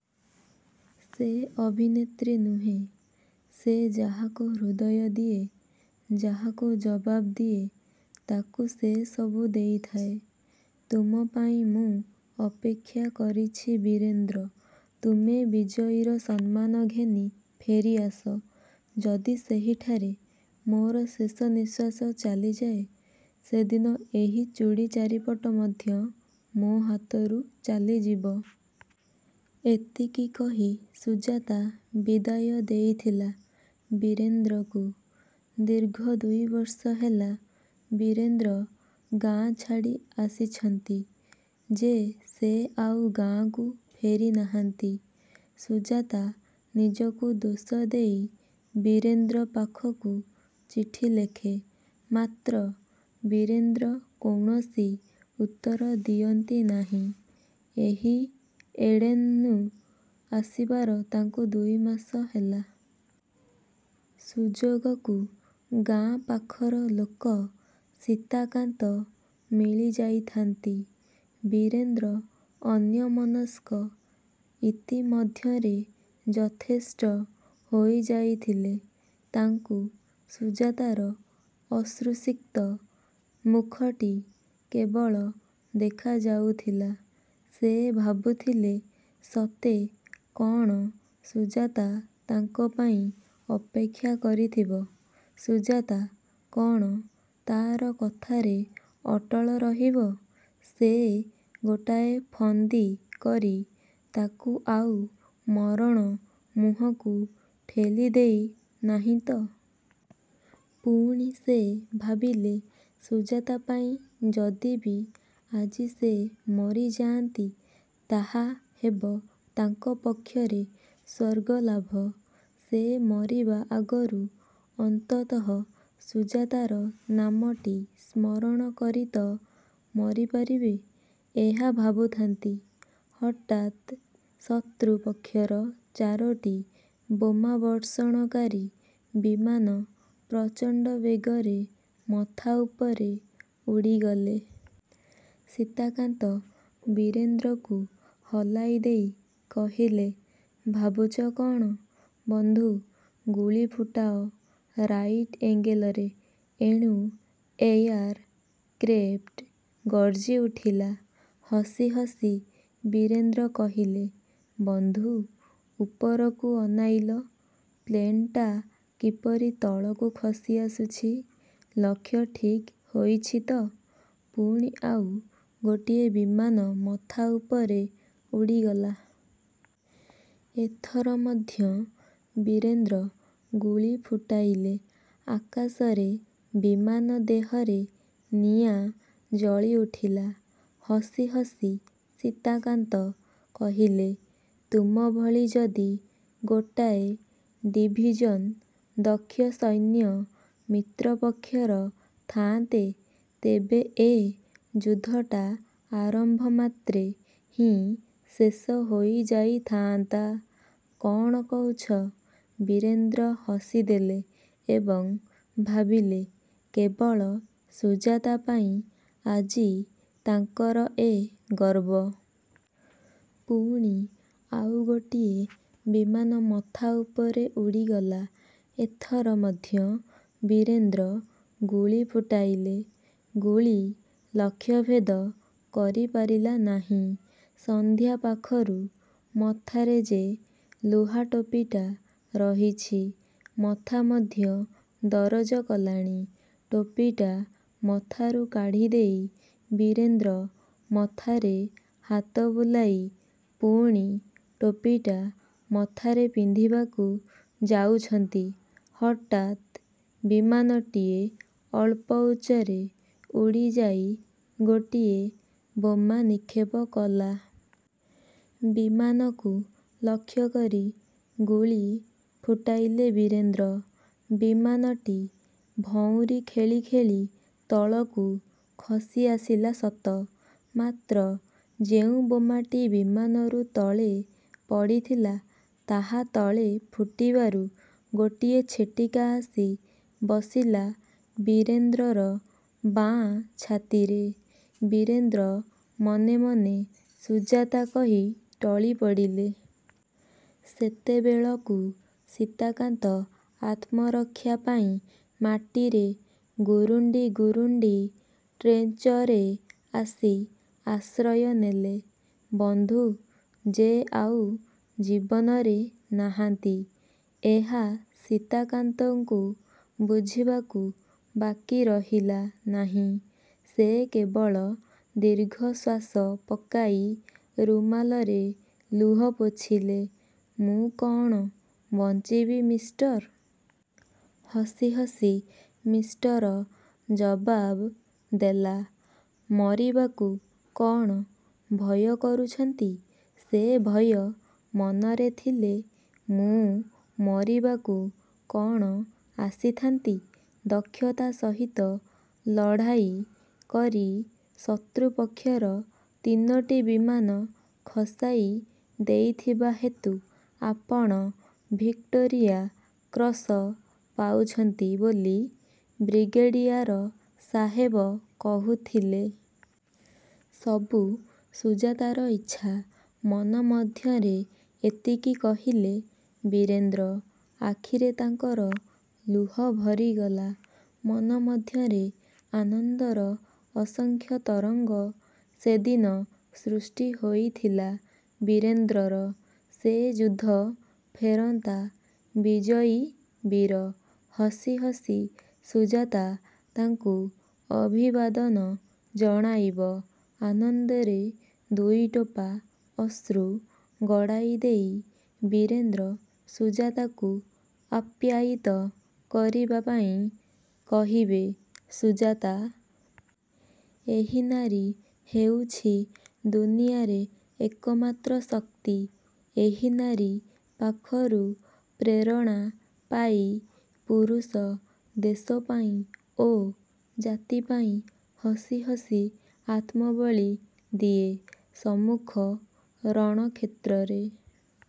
ସେ ଅଭିନେତ୍ରୀ ନୁହେଁ। ସେ ଯାହାକୁ ହୃଦୟ ଦିଏ, ଯାହାକୁ ଜବାବ୍ ଦିଏ, ତାକୁ ସେ ସବୁ ଦେଇଥାଏ। ତୁମ ପାଇଁ ମୁଁ ଅପେକ୍ଷା କରିଛି ବୀରେନ୍ଦ୍ର। ତୁମେ ବିଜୟୀର ସମ୍ମାନ ଘେନି ଫେରିଆସ। '' ''ଯଦି ସେହିଠାରେ ମୋର ଶେଷ ନିଶ୍ୱାସ ଚାଲିଯାଏ? '' ''ସେଦିନ ଏହି ଚୁଡ଼ି ଚାରିପଟ ମଧ୍ୟ ମୋ ହାତରୁ ଚାଲିଯିବ। '' ଏତିକି କହି ସୁଜାତା ବିଦାୟ ଦେଇଥିଲା ବୀରେନ୍ଦ୍ରକୁ। ଦୀର୍ଘ ଦୁଇବର୍ଷ ହେଲା ବୀରେନ୍ଦ୍ର ଗାଁ ଛାଡ଼ି ଆସିଛନ୍ତି ଯେ ସେ ଆଉ ଗାଁକୁ ଫେରିନାହାନ୍ତି। ସୁଜାତା ନିଜକୁ ଦୋଷ ଦେଇ ବୀରେନ୍ଦ୍ର ପାଖକୁ ଚିଠିଲେଖେ ମାତ୍ର ବୀରେନ୍ଦ୍ର କୌଣସି ଉତ୍ତର ଦିଅନ୍ତି ନାହିଁ। ଏହି ଏଡେନ୍କୁ ଆସିବାର ତାଙ୍କୁ ଦୁଇମାସ ହେଲା। ସୁଯୋଗକୁ ଗାଁ ପାଖର ଲୋକ ସୀତାକାନ୍ତ ମିଳିଯାଇଥାନ୍ତି। ବୀରେନ୍ଦ୍ର ଅନ୍ୟମନସ୍କ ଇତିମଧ୍ୟରେ ଯଥେଷ୍ଟ ହୋଇଯାଇଥିଲେ। ତାଙ୍କୁ ସୁଜାତାର ଅଶ୍ରୁସିକ୍ତ ମୁଖଟି କେବଳ ଦେଖାଯାଉଥିଲା। ସେ ଭାବୁଥିଲେ ସତେ କ'ଣ ସୁଜାତା ତାଙ୍କ ପାଇଁ ଅପେକ୍ଷା କରିଥିବ? ସୁଜାତା କ'ଣ ତା'ର କଥାରେ ଅଟଳ ରହିବ? ସେ ଗୋଟାଏ ଫନ୍ଦି କରି ତାକୁ ଆଉ ମରଣ ମୁହଁକୁ ଠେଲିଦେଇ ନାହିଁ ତ? ପୁଣି ସେ ଭାବିଲେ ସୁଜାତା ପାଇଁ ଯଦି ବି ଆଜି ସେ ମରିଯାଆନ୍ତି ତାହା ହେବ ତାଙ୍କ ପକ୍ଷରେ ସ୍ୱର୍ଗଲାଭ। ସେ ମରିବା ଆଗରୁ ଅନ୍ତତଃ ସୁଜାତାର ନାମଟି ସ୍ମରଣ କରି ତ ମରିପାରିବେ। ଏହା ଭାବୁଥାନ୍ତି, ହଠାତ୍ ଶତ୍ରୁ ପକ୍ଷର ଚାରୋଟି ବୋମାବର୍ଷଣକାରୀ ବିମାନ ପ୍ରଚଣ୍ଡ ବେଗରେ ମଥା ଉପରେ ଉଡ଼ିଗଲେ। ସୀତାକାନ୍ତ ବୀରେନ୍ଦ୍ରକୁ ହଲାଇଦେଇ କହିଲେ, ''ଭାବୁଛ କ'ଣ ବନ୍ଧୁ! ଗୁଳି ଫୁଟାଅ ରାଇଟ୍ ଏଙ୍ଗେଲରେ। '' ଏଣୁ ଏୟାର କ୍ରେପ୍ଟ ଗର୍ଜିଉଠିଲା। ହସିହସି ବୀରେନ୍ଦ୍ର କହିଲେ, ବନ୍ଧୁ! ଉପରକୁ ଅନାଇଲ। ପ୍ଲେନ୍ଟା କିପରି ତଳକୁ ଖସିଆସୁଛି। ଲକ୍ଷ୍ୟ ଠିକ୍ ହୋଇଛି ତ? '' ପୁଣି ଆଉ ଗୋଟିଏ ବିମାନ ମଥା ଉପରେ ଉଡ଼ିଗଲା। ଏଥର ମଧ୍ୟ ବୀରେନ୍ଦ୍ର ଗୁଳିଫୁଟାଇଲେ। ଆକାଶରେ ବିମାନ ଦେହରେ ନିଆଁ ଜଳିଉଠିଲା। ହସି ହସି ସୀତାକାନ୍ତ କହିଲେ, ''ତୁମଭଳି ଯଦି ଗୋଟାଏ ଡିଭିଜନ୍ ଦକ୍ଷସୈନ୍ୟ ମିତ୍ର ପକ୍ଷର ଥାଆନ୍ତେ, ତେବେ ଏ ଯୁଦ୍ଧଟା ଆରମ୍ଭ ମାତ୍ରେ ହିଁ ଶେଷ ହୋଇଯାଇଥାଆନ୍ତା। କ'ଣ କହୁଛ? '' ବୀରେନ୍ଦ୍ର ହସିଦେଲେ ଏବଂ ଭାବିଲେ କେବଳ ସୁଜାତା ପାଇଁ ଆଜି ତାଙ୍କର ଏ ଗର୍ବ। ପୁଣି ଆଉ ଗୋଟିଏ ବିମାନ ମଥା ଉପରେ ଉଡ଼ିଗଲା। ଏଥର ମଧ୍ୟ ବୀରେନ୍ଦ୍ର ଗୁଳି ଫୁଟାଇଲେ। ଗୁଳି ଲକ୍ଷ୍ୟଭେଦ କରିପାରିଲା ନାହିଁ। ସନ୍ଧ୍ୟା ପାଖରୁ ମଥାରେ ଯେ ଲୁହାଟୋପିଟା ରହିଛି ମଥା ମଧ୍ୟ ଦରଜ କଲାଣି। ଟୋପିଟା ମଥାରୁ କାଢ଼ିଦେଇ ବୀରେନ୍ଦ୍ର ମଥାରେ ହାତ ବୁଲାଇ ପୁଣି ଟୋପିଟା ମଥାରେ ପିନ୍ଧିବାକୁ ଯାଉଛନ୍ତି ହଠାତ୍ ବିମାନଟିଏ ଅଳ୍ପ ଉଚ୍ଚରେ ଉଡ଼ିଯାଇ ଗୋଟିଏ ବୋମା ନିକ୍ଷେପକଲା। ବିମାନକୁ ଲକ୍ଷ୍ୟକରି ଗୁଳି ଫୁଟାଇଲେ ବୀରେନ୍ଦ୍ର। ବିମାନଟି ଭଉଁରୀ ଖେଳି ଖେଳି ତଳକୁ ଖସି ଆସିଲା ସତ; ମାତ୍ର ଯେଉଁ ବୋମାଟି ବିମାନରୁ ତଳେ ପଡ଼ିଥିଲା ତାହା ତଳେ ଫୁଟିବାରୁ ଗୋଟିଏ ଛିଟିକା ଆସି ବସିଲା ବୀରେନ୍ଦ୍ରର ବାଁ ଛାତିରେ। ବୀରେନ୍ଦ୍ର ମନେମନେ 'ସୁଜାତା' କହି ଟଳିପଡ଼ିଲେ। ସେତେବେଳକୁ ସୀତାକାନ୍ତ ଆତ୍ମରକ୍ଷା ପାଇଁ ମାଟିରେ ଗୁରୁଣ୍ଡି ଗୁରୁଣ୍ଡି ଟ୍ରେଞ୍ଚରେ ଆସି ଆଶ୍ରୟ ନେଲେ। ବନ୍ଧୁ ଯେ ଆଉ ଜୀବନରେ ନାହାନ୍ତି ଏହା ସୀତାକାନ୍ତଙ୍କୁ ବୁଝିବାକୁ ବାକି ରହିଲା ନାହିଁ। ସେ କେବଳ ଦୀର୍ଘଶ୍ୱାସ ପକାଇ ରୁମାଲରେ ଲୁହ ପୋଛିଲେ। ''ମୁଁ କ'ଣ। ବଞ୍ଚିଛି ମିସ୍ଟର! '' ହସି ହସି ସିସ୍ଟର ଜବାବ୍ ଦେଲା, ''ମରିବାକୁ କ'ଣ ଭୟ କରୁଛନ୍ତି? '' ସେ ଭୟ ମନରେ ଥିଲେ ମୁଁ ମରିବାକୁ କ'ଣ ଆସିଥାନ୍ତି? ''ଦକ୍ଷତା ସହିତ ଲଢ଼ାଇ କରି ଶତ୍ରୁପକ୍ଷର ତିନୋଟି ବିମାନ ଖସାଇ ଦେଇଥିବା ହେତୁ ଆପଣ ଭିକ୍ଟୋରିଆ କ୍ରଶ ପାଉଛନ୍ତି ବୋଲି ବ୍ରିଗେଡ଼ିଆର ସାହେବ କହୁଥିଲେ। '' ''ସବୁ ସୁଜାତାର ଇଚ୍ଛା'' ମନ ମଧ୍ୟରେ ଏତିକି କହିଲେ ବୀରେନ୍ଦ୍ର। ଆଖିରେ ତାଙ୍କର ଲୁହ ଭରିଗଲା। ମନ ମଧ୍ୟରେ ଆନନ୍ଦର ଅସଂଖ୍ୟ ତରଙ୍ଗ ସେଦିନ ସୃଷ୍ଟି ହୋଇଥିଲା ବୀରେନ୍ଦ୍ରର। ସେ ଯୁଦ୍ଧ ଫେରନ୍ତା ବିଜୟୀ ବୀର। ହସି ହସି ସୁଜାତା ତାଙ୍କୁ ଅଭିବାଦନ ଜଣାଇବ, ଆନନ୍ଦରେ ଦୁଇଟୋପା ଅଶ୍ରୁ ଗଡ଼ାଇଦେଇ ବୀରେନ୍ଦ୍ର ସୁଜାତାକୁ ଆପ୍ୟାୟିତ କରିବା ପାଇଁ କହିବେ ''ସୁଜାତା! ଏହି ନାରୀ ହେଉଛି ଦୁନିଆରେ ଏକମାତ୍ର ଶକ୍ତି। ଏହି ନାରୀ ପାଖରୁ ପ୍ରେରଣା ପାଇ ପୁରୁଷ ଦେଶ ପାଇଁ ଓ ଜାତି ପାଇଁ ହସିହସି ଆତ୍ମବଳି ଦିଏ ସମ୍ମୁଖ ରଣକ୍ଷେତ୍ରରେ।